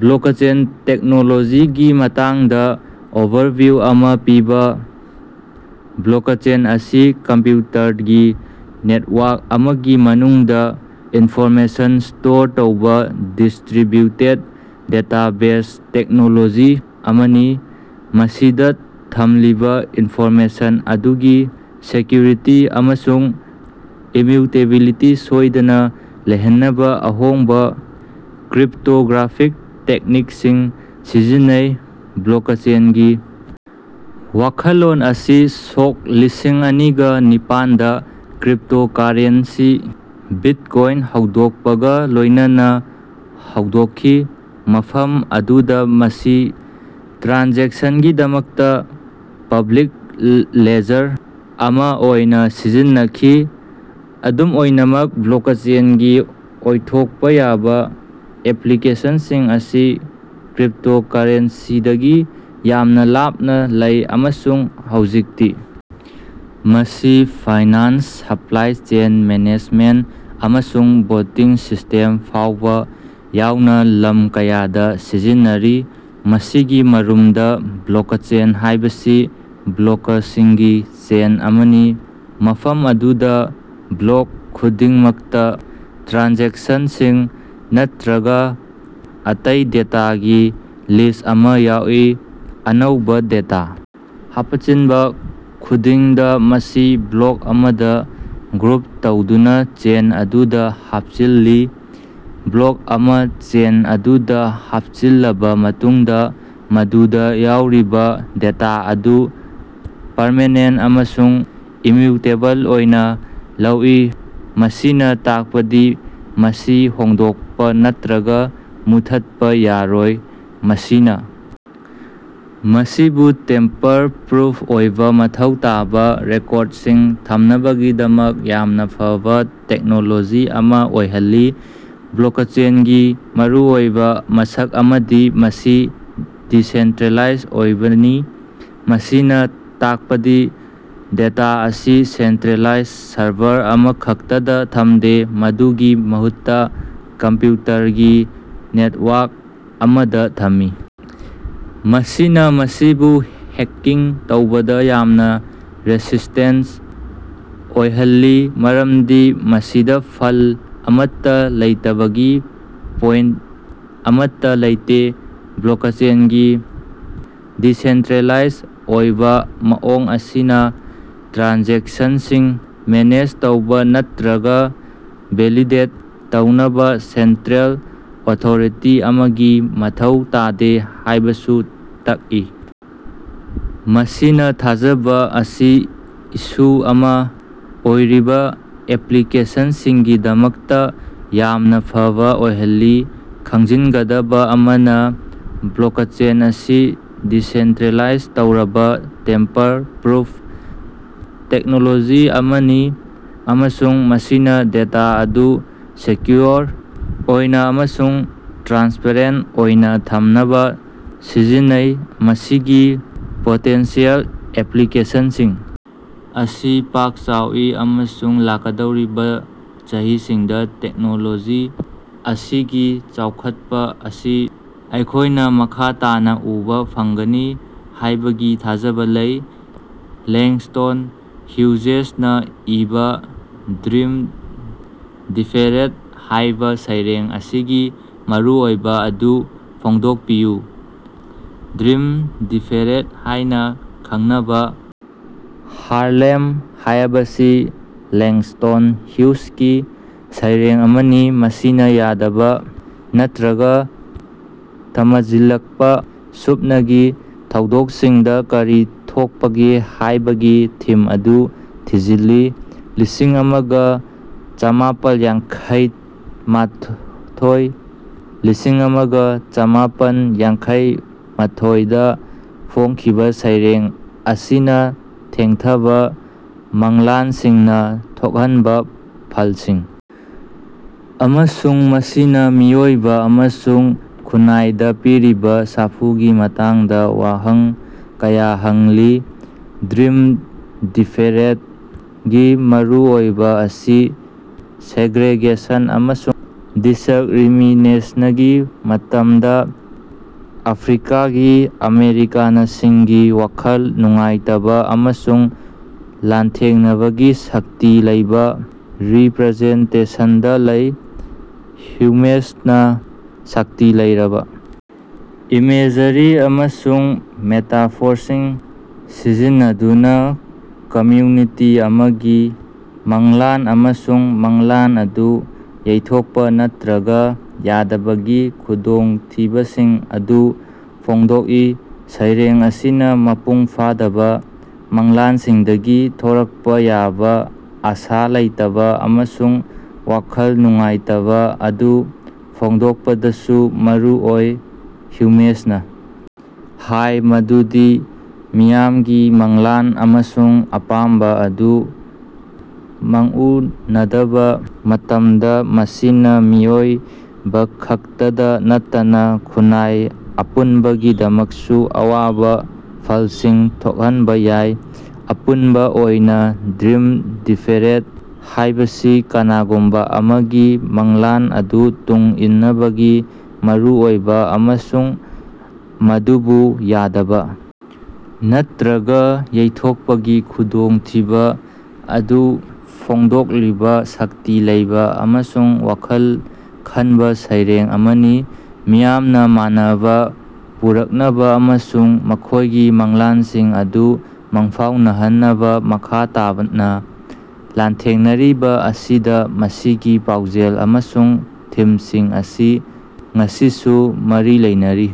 Blockchain ꯇꯦꯛꯅꯣꯂꯣꯖꯤꯒꯤ ꯃꯇꯥꯡꯗꯥ overview ꯑꯃꯥ ꯄꯤꯕꯥ꯫ ꯕ꯭ꯂꯣꯀꯆꯦꯟ ꯑꯁꯤ ꯀꯝꯄ꯭ꯌꯨꯇꯔꯒꯤ ꯅꯦꯠꯋꯥꯔꯛ ꯑꯃꯒꯤ ꯃꯅꯨꯡꯗꯥ ꯏꯟꯐꯣꯔꯃꯦꯁꯟ ꯁ꯭ꯇꯣꯔ ꯇꯧꯕꯥ ꯗꯤꯁꯇ꯭ꯔꯤꯕ꯭ꯌꯨꯇꯦꯗ ꯗꯦꯇꯥꯕꯦꯖ ꯇꯦꯛꯅꯣꯂꯣꯖꯤ ꯑꯃꯅꯤ꯫ ꯃꯁꯤꯗꯥ ꯊꯝꯂꯤꯕꯥ ꯏꯟꯐꯣꯔꯃꯦꯁꯟ ꯑꯗꯨꯒꯤ ꯁꯦꯀ꯭ꯌꯨꯔꯤꯇꯤ ꯑꯃꯁꯨꯡ ꯏꯃ꯭ꯌꯨꯇꯦꯕꯤꯂꯤꯇꯤ ꯁꯣꯢꯗꯅꯥ ꯂꯩꯍꯟꯅꯕꯥ ꯑꯍꯣꯡꯕꯥ ꯀ꯭ꯔꯤꯞꯇꯣꯒ꯭ꯔꯥꯐꯤꯛ ꯇꯦꯛꯅꯤꯛꯁꯤꯡ ꯁꯤꯖꯤꯟꯅꯩ꯫ ꯕ꯭ꯂꯣꯀꯆꯦꯟꯒꯤ ꯋꯥꯈꯜꯂꯣꯟ ꯑꯁꯤ ꯁꯣꯛ ꯂꯤꯁꯤꯡ ꯑꯅꯤꯒ ꯅꯤꯄꯥꯟꯗꯥ ꯀ꯭ꯔꯤꯞꯇꯣꯀꯥꯔꯦꯟꯁꯤ ꯕꯤꯠꯀꯣꯢꯟ ꯍꯧꯗꯣꯛꯄꯒꯥ ꯂꯣꯢꯅꯅꯥ ꯍꯧꯗꯣꯛꯈꯤ, ꯃꯐꯝ ꯑꯗꯨꯗꯥ ꯃꯁꯤ ꯇ꯭ꯔꯥꯟꯖꯦꯛꯁꯟꯒꯤꯗꯃꯛꯇꯥ ꯄꯕ꯭ꯂꯤꯛ ꯂꯦꯖꯔ ꯑꯃꯥ ꯑꯣꯏꯅꯥ ꯁꯤꯖꯤꯟꯅꯈꯤ꯫ ꯑꯗꯨꯝ ꯑꯣꯏꯅꯃꯛ ꯕ꯭ꯂꯣꯀꯆꯦꯟꯒꯤ ꯑꯣꯏꯊꯣꯛꯄꯥ ꯌꯥꯕꯥ ꯑꯦꯄ꯭ꯂꯤꯀꯦꯁꯟꯁꯤꯡ ꯑꯁꯤ ꯀ꯭ꯔꯤꯞꯇꯣꯀꯥꯔꯦꯟꯁꯤꯗꯒꯤ ꯌꯥꯝꯅꯥ ꯂꯥꯞꯅꯥ ꯂꯩ ꯑꯃꯁꯨꯡ ꯍꯧꯖꯤꯛꯇꯤ ꯃꯁꯤ ꯐꯥꯏꯅꯥꯟꯁ, ꯁꯄ꯭ꯂꯥꯏ ꯆꯦꯟ ꯃꯦꯅꯦꯖꯃꯦꯟꯇ ꯑꯃꯁꯨꯡ ꯚꯣꯇꯤꯡ ꯁꯤꯁꯇꯦꯝ ꯐꯥꯎꯕꯥ ꯌꯥꯎꯅꯥ ꯂꯝ ꯀꯌꯥꯗꯥ ꯁꯤꯖꯤꯟꯅꯔꯤ꯫ ꯃꯁꯤꯒꯤ ꯃꯔꯨꯝꯗꯥ, ꯕ꯭ꯂꯣꯀꯆꯦꯟ ꯍꯥꯢꯕꯁꯤ ꯕ꯭ꯂꯣꯀꯁꯤꯡꯒꯤ ꯆꯦꯟ ꯑꯃꯅꯤ ꯃꯐꯝ ꯑꯗꯨꯗꯥ ꯕ꯭ꯂꯣꯛ ꯈꯨꯗꯤꯡꯃꯛꯇꯥ ꯇ꯭ꯔꯥꯟꯖꯦꯛꯁꯟꯁꯤꯡ ꯅꯠꯇ꯭ꯔꯒꯥ ꯑꯇꯩ ꯗꯦꯇꯥꯒꯤ ꯂꯤꯁ ꯑꯃꯥ ꯌꯥꯎꯏ꯫ ꯑꯅꯧꯕꯥ ꯗꯦꯇꯥ ꯍꯥꯄꯆꯤꯟꯕꯥ ꯈꯨꯗꯤꯡꯗꯥ ,ꯃꯁꯤ ꯕ꯭ꯂꯣꯛ ꯑꯃꯗꯥ ꯒ꯭ꯔꯨꯞ ꯇꯧꯗꯨꯅꯥ ꯆꯦꯟ ꯑꯗꯨꯗꯥ ꯍꯥꯞꯆꯤꯜꯂꯤ꯫ ꯕ꯭ꯂꯣꯛ ꯑꯃꯥ ꯆꯦꯟ ꯑꯗꯨꯗꯥ ꯍꯥꯞꯆꯤꯜꯂꯕꯥ ꯃꯇꯨꯡꯗꯥ, ꯃꯗꯨꯗꯥ ꯌꯥꯎꯔꯤꯕꯥ ꯗꯦꯇꯥ ꯑꯗꯨ ꯄꯔꯃꯦꯅꯦꯟꯇ ꯑꯃꯁꯨꯡ ꯏꯃ꯭ꯌꯨꯇꯦꯕꯜ ꯑꯣꯏꯅꯥ ꯂꯧꯏ, ꯃꯁꯤꯅꯥ ꯇꯥꯛꯄꯗꯤ ꯃꯁꯤ ꯍꯣꯡꯗꯣꯛꯄꯥ ꯅꯠꯇ꯭ꯔꯒꯥ ꯃꯨꯠꯊꯠꯄꯥ ꯌꯥꯔꯣꯏ꯫ ꯃꯁꯤꯅꯥ ꯃꯁꯤꯕꯨ ꯇꯦꯝꯄꯔ-ꯄ꯭ꯔꯨꯐ ꯑꯣꯏꯕꯥ ꯃꯊꯧ ꯇꯥꯕꯥ ꯔꯦꯀꯣꯔꯗꯁꯤꯡ ꯊꯝꯅꯕꯒꯤꯗꯃꯛ ꯌꯥꯝꯅꯥ ꯐꯕꯥ ꯇꯦꯛꯅꯣꯂꯣꯖꯤ ꯑꯃꯥ ꯑꯣꯏꯍꯜꯂꯤ꯫ ꯕ꯭ꯂꯣꯀꯆꯦꯟꯒꯤ ꯃꯔꯨꯑꯣꯏꯕꯥ ꯃꯁꯛ ꯑꯃꯗꯤ ꯃꯁꯤ ꯗꯤꯁꯦꯟꯇ꯭ꯔꯦꯂꯥꯏꯖ ꯑꯣꯏꯕꯅꯤ, ꯃꯁꯤꯅꯥ ꯇꯥꯛꯄꯗꯤ ꯗꯦꯇꯥ ꯑꯁꯤ ꯁꯦꯟꯇ꯭ꯔꯦꯂꯥꯏꯖ ꯁꯔꯚꯔ ꯑꯃꯈꯛꯇꯗꯥ ꯊꯝꯗꯦ, ꯃꯗꯨꯒꯤ ꯃꯍꯨꯠꯇꯥ ꯀꯝꯄ꯭ꯌꯨꯇꯔꯒꯤ ꯅꯦꯠꯋꯥꯔꯛ ꯑꯃꯗꯥ ꯊꯝꯃꯤ꯫ ꯃꯁꯤꯅꯥ ꯃꯁꯤꯕꯨ ꯍꯦꯛꯀꯤꯡ ꯇꯧꯕꯗꯥ ꯌꯥꯝꯅꯥ ꯔꯦꯁꯤꯁꯇꯦꯟꯇ ꯑꯣꯏꯍꯜꯂꯤ, ꯃꯔꯝꯗꯤ ꯃꯁꯤꯗꯥ ꯐꯜ ꯑꯃꯠꯇꯥ ꯂꯩꯇꯕꯒꯤ ꯄꯣꯏꯟꯇ ꯑꯃꯠꯇꯥ ꯂꯩꯇꯦ꯫ ꯕ꯭ꯂꯣꯀꯆꯦꯟꯒꯤ ꯗꯤꯁꯦꯟꯇ꯭ꯔꯦꯂꯥꯏꯖ ꯑꯣꯏꯕꯥ ꯃꯑꯣꯡ ꯑꯁꯤꯅꯥ ꯇ꯭ꯔꯥꯟꯖꯦꯛꯁꯟꯁꯤꯡ ꯃꯦꯅꯦꯖ ꯇꯧꯕꯥ ꯅꯠꯇ꯭ꯔꯒꯥ ꯚꯦꯂꯤꯗꯦꯠ ꯇꯧꯅꯕꯥ ꯁꯦꯟꯇ꯭ꯔꯦꯜ ꯑꯣꯊꯣꯔꯤꯇꯤ ꯑꯃꯒꯤ ꯃꯊꯧ ꯇꯥꯗꯦ ꯍꯥꯢꯕꯁꯨ ꯇꯛꯏ, ꯃꯁꯤꯅꯥ ꯊꯥꯖꯕꯥ ꯑꯁꯤ ꯏꯁꯨ ꯑꯃꯥ ꯑꯣꯏꯔꯤꯕꯥ ꯑꯦꯄ꯭ꯂꯤꯀꯦꯁꯟꯁꯤꯡꯒꯤꯗꯃꯛꯇꯥ ꯌꯥꯝꯅꯥ ꯐꯕꯥ ꯑꯣꯏꯍꯜꯂꯤ꯫ ꯈꯪꯖꯤꯟꯒꯗꯕꯥ ꯑꯃꯅꯥ ꯕ꯭ꯂꯣꯀꯆꯦꯟ ꯑꯁꯤ ꯗꯤꯁꯦꯟꯇ꯭ꯔꯦꯂꯥꯏꯖ ꯇꯧꯔꯕꯥ ꯇꯦꯝꯄꯔ-ꯄ꯭ꯔꯨꯐ ꯇꯦꯛꯅꯣꯂꯣꯖꯤ ꯑꯃꯅꯤ ꯑꯃꯁꯨꯡ ꯃꯁꯤꯅꯥ ꯗꯦꯇꯥ ꯑꯗꯨ ꯁꯦꯀ꯭ꯌꯨꯑꯣꯔ ꯑꯣꯏꯅꯥ ꯑꯃꯁꯨꯡ ꯇ꯭ꯔꯥꯟꯁꯄꯦꯔꯦꯟꯇ ꯑꯣꯏꯅꯥ ꯊꯝꯅꯕꯥ ꯁꯤꯖꯤꯟꯅꯩ꯫ ꯃꯁꯤꯒꯤ ꯄꯣꯇꯦꯟꯁꯤꯌꯦꯜ ꯑꯦꯄ꯭ꯂꯤꯀꯦꯁꯟꯁꯤꯡ ꯑꯁꯤ ꯄꯥꯛ ꯆꯥꯎꯏ ꯑꯃꯁꯨꯡ ꯂꯥꯛꯀꯗꯧꯔꯤꯕꯥ ꯆꯍꯤꯁꯤꯡꯗꯥ ꯇꯦꯛꯅꯣꯂꯣꯖꯤ ꯑꯁꯤꯒꯤ ꯆꯥꯎꯈꯠꯄ ꯑꯁꯤ ꯑꯩꯈꯣꯢꯅꯥ ꯃꯈꯥ ꯇꯥꯅꯥ ꯎꯕꯥ ꯐꯪꯒꯅꯤ ꯍꯥꯢꯕꯒꯤ ꯊꯥꯖꯕꯥ ꯂꯩ꯫ ꯂꯦꯡꯁ꯭ꯇꯣꯟ ꯍ꯭ꯌꯨꯖꯦꯁꯅꯥ ꯏꯕꯥ "ꯗ꯭ꯔꯤꯝ ꯗꯤꯐꯦꯔꯦꯗ" ꯍꯥꯢꯕꯥ ꯁꯩꯔꯦꯡ ꯑꯁꯤꯒꯤ ꯃꯔꯨꯑꯣꯏꯕꯥ ꯑꯗꯨ ꯐꯣꯡꯗꯣꯛꯄꯤꯌꯨ꯫ "ꯗ꯭ꯔꯤꯝ ꯗꯤꯐꯦꯔꯦꯗ" ꯍꯥꯢꯅꯥ ꯈꯪꯅꯕꯥ "ꯍꯥꯔꯂꯦꯝ"ꯍꯥꯌꯕꯁꯤ ꯂꯦꯡꯁ꯭ꯇꯣꯟ ꯍꯨꯏꯁꯀꯤ ꯁꯩꯔꯦꯡ ꯑꯃꯅꯤ, ꯃꯁꯤꯅꯥ ꯌꯥꯗꯕꯥ ꯅꯠꯇ꯭ꯔꯒꯥ ꯊꯃꯖꯤꯜꯂꯛꯄꯥ ꯁꯨꯞꯅꯒꯤ ꯊꯧꯗꯣꯛꯁꯤꯡꯗꯥ ꯀꯔꯤ ꯊꯣꯛꯄꯒꯦ ꯍꯥꯢꯕꯒꯤ ꯊꯤꯝ ꯑꯗꯨ ꯊꯤꯖꯤꯜꯂꯤ꯫ ꯂꯤꯁꯤꯡ ꯑꯃꯒ ꯆꯥꯃꯥꯄꯜ ꯌꯥꯡꯈꯩ ꯃꯥꯊꯣꯏ ꯂꯤꯁꯤꯡ ꯑꯃꯒ ꯆꯥꯃꯄꯟ ꯌꯥꯡꯈꯩꯃꯊꯣꯢꯗꯥ ꯐꯣꯡꯈꯤꯕꯥ ꯁꯩꯔꯦꯡ ꯑꯁꯤꯅꯥ ꯊꯦꯡꯊꯕꯥ ꯃꯪꯂꯥꯟꯁꯤꯡꯅꯥ ꯊꯣꯛꯍꯟꯕꯥ ꯐꯜꯁꯤꯡ ꯑꯃꯁꯨꯡ ꯃꯁꯤꯅꯥ ꯃꯤꯑꯣꯏꯕꯥ ꯑꯃꯁꯨꯡ ꯈꯨꯟꯅꯥꯏꯗꯥ ꯄꯤꯔꯤꯕꯥ ꯁꯥꯐꯨꯒꯤ ꯃꯇꯥꯡꯗꯥ ꯋꯥꯍꯪ ꯀꯌꯥ ꯍꯪꯂꯤ꯫ ꯗ꯭ꯔꯤꯝ ꯗꯤꯐꯦꯔꯦꯗ ꯒꯤ ꯃꯔꯨꯑꯣꯏꯕꯥ ꯑꯁꯤ ꯁꯦꯒ꯭ꯔꯦꯒꯦꯁꯟ ꯑꯃꯁꯨꯡ ꯗꯤꯁꯛꯔꯤꯃꯤꯅꯦꯁꯅꯒꯤ ꯃꯇꯝꯗꯥ ꯑꯐ꯭ꯔꯤꯀꯥꯒꯤ ꯑꯃꯦꯔꯤꯀꯥꯅꯁꯤꯡꯒꯤ ꯋꯥꯈꯜ ꯅꯨꯡꯉꯥꯏꯇꯕꯥ ꯑꯃꯁꯨꯡ ꯂꯥꯟꯊꯦꯡꯅꯕꯒꯤ ꯁꯛꯇꯤ ꯂꯩꯕꯥ ꯔꯤꯄ꯭ꯔꯖꯦꯟꯇꯦꯁꯟꯗꯥ ꯂꯩ꯫ ꯍ꯭ꯌꯨꯃꯦꯁꯅꯥ ꯁꯛꯇꯤ ꯂꯩꯔꯕꯥ ꯏꯃꯦꯖꯔꯤ ꯑꯃꯁꯨꯡ ꯃꯦꯇꯥꯐꯣꯔꯁꯤꯡ ꯁꯤꯖꯤꯟꯅꯗꯨꯅꯥ ꯀꯃ꯭ꯌꯨꯅꯤꯇꯤ ꯑꯃꯒꯤ ꯃꯪꯂꯥꯟ ꯑꯃꯁꯨꯡ ꯃꯪꯂꯥꯟ ꯑꯗꯨ ꯌꯩꯊꯣꯛꯄꯥ ꯅꯠꯇ꯭ꯔꯒꯥ ꯌꯥꯗꯕꯒꯤ ꯈꯨꯗꯣꯡꯊꯤꯕꯁꯤꯡ ꯑꯗꯨ ꯐꯣꯡꯗꯣꯛꯏ꯫ ꯁꯩꯔꯦꯡ ꯑꯁꯤꯅꯥ ꯃꯄꯨꯡ ꯐꯥꯗꯕꯥ ꯃꯪꯂꯥꯟꯁꯤꯡꯗꯒꯤ ꯊꯣꯔꯛꯄꯥ ꯌꯥꯕꯥ ꯑꯥꯁꯥ ꯂꯩꯇꯕꯥ ꯑꯃꯁꯨꯡ ꯋꯥꯈꯜ ꯅꯨꯡꯉꯥꯏꯇꯕꯥ ꯑꯗꯨ ꯐꯣꯡꯗꯣꯛꯄꯗꯁꯨ ꯃꯔꯨ ꯑꯣꯏ꯫ ꯍ꯭ꯌꯨꯃꯦꯁꯅꯥ ꯍꯥꯢ ꯃꯗꯨꯗꯤ ꯃꯤꯌꯥꯝꯒꯤ ꯃꯪꯂꯥꯟ ꯑꯃꯁꯨꯡ ꯑꯄꯥꯝꯕꯥ ꯑꯗꯨ ꯃꯪꯎꯅꯗꯕꯥ ꯃꯇꯝꯗꯥ, ꯃꯁꯤꯅꯥ ꯃꯤꯑꯣꯏꯕꯈꯛꯇꯗꯥ ꯅꯠꯇꯅꯥ ꯈꯨꯟꯅꯥꯏ ꯑꯄꯨꯟꯕꯒꯤꯗꯃꯛꯁꯨ ꯑꯋꯥꯕꯥ ꯐꯜꯁꯤꯡ ꯊꯣꯛꯍꯟꯕꯥ ꯌꯥꯏ꯫ ꯑꯄꯨꯟꯕꯥ ꯑꯣꯏꯅꯥ "ꯗ꯭ꯔꯤꯝ ꯗꯤꯐꯦꯔꯦꯗ" ꯍꯥꯢꯕꯁꯤ ꯀꯅꯥꯒꯨꯝꯕꯥ ꯑꯃꯒꯤ ꯃꯪꯂꯥꯟ ꯑꯗꯨ ꯇꯨꯡ ꯏꯟꯅꯕꯒꯤ ꯃꯔꯨꯑꯣꯏꯕꯥ ꯑꯃꯁꯨꯡ ꯃꯗꯨꯕꯨ ꯌꯥꯗꯕꯥ ꯅꯠꯇ꯭ꯔꯒꯥ ꯌꯩꯊꯣꯛꯄꯒꯤ ꯈꯨꯗꯣꯡꯊꯤꯕꯥ ꯑꯗꯨ ꯐꯣꯡꯗꯣꯛꯂꯤꯕꯥ ꯁꯛꯇꯤ ꯂꯩꯕꯥ ꯑꯃꯁꯨꯡ ꯋꯥꯈꯜ ꯈꯟꯕꯥ ꯁꯩꯔꯦꯡ ꯑꯃꯅꯤ꯫ ꯃꯤꯌꯥꯝꯅꯥ ꯃꯥꯟꯅꯕꯥ ꯄꯨꯔꯛꯅꯕꯥ ꯑꯃꯁꯨꯡ ꯃꯈꯣꯢꯒꯤ ꯃꯪꯂꯥꯟꯁꯤꯡ ꯑꯗꯨ ꯃꯪꯐꯥꯎꯅꯍꯟꯅꯕꯥ ꯃꯈꯥ ꯇꯥꯕꯅꯥ ꯂꯥꯟꯊꯦꯡꯅꯔꯤꯕꯥ ꯑꯁꯤꯗꯥ ꯃꯁꯤꯒꯤ ꯄꯥꯎꯖꯦꯜ ꯑꯃꯁꯨꯡ ꯊꯤꯝꯁꯤꯡ ꯑꯁꯤ ꯉꯁꯤꯁꯨ ꯃꯔꯤ ꯂꯩꯅꯔꯤ꯫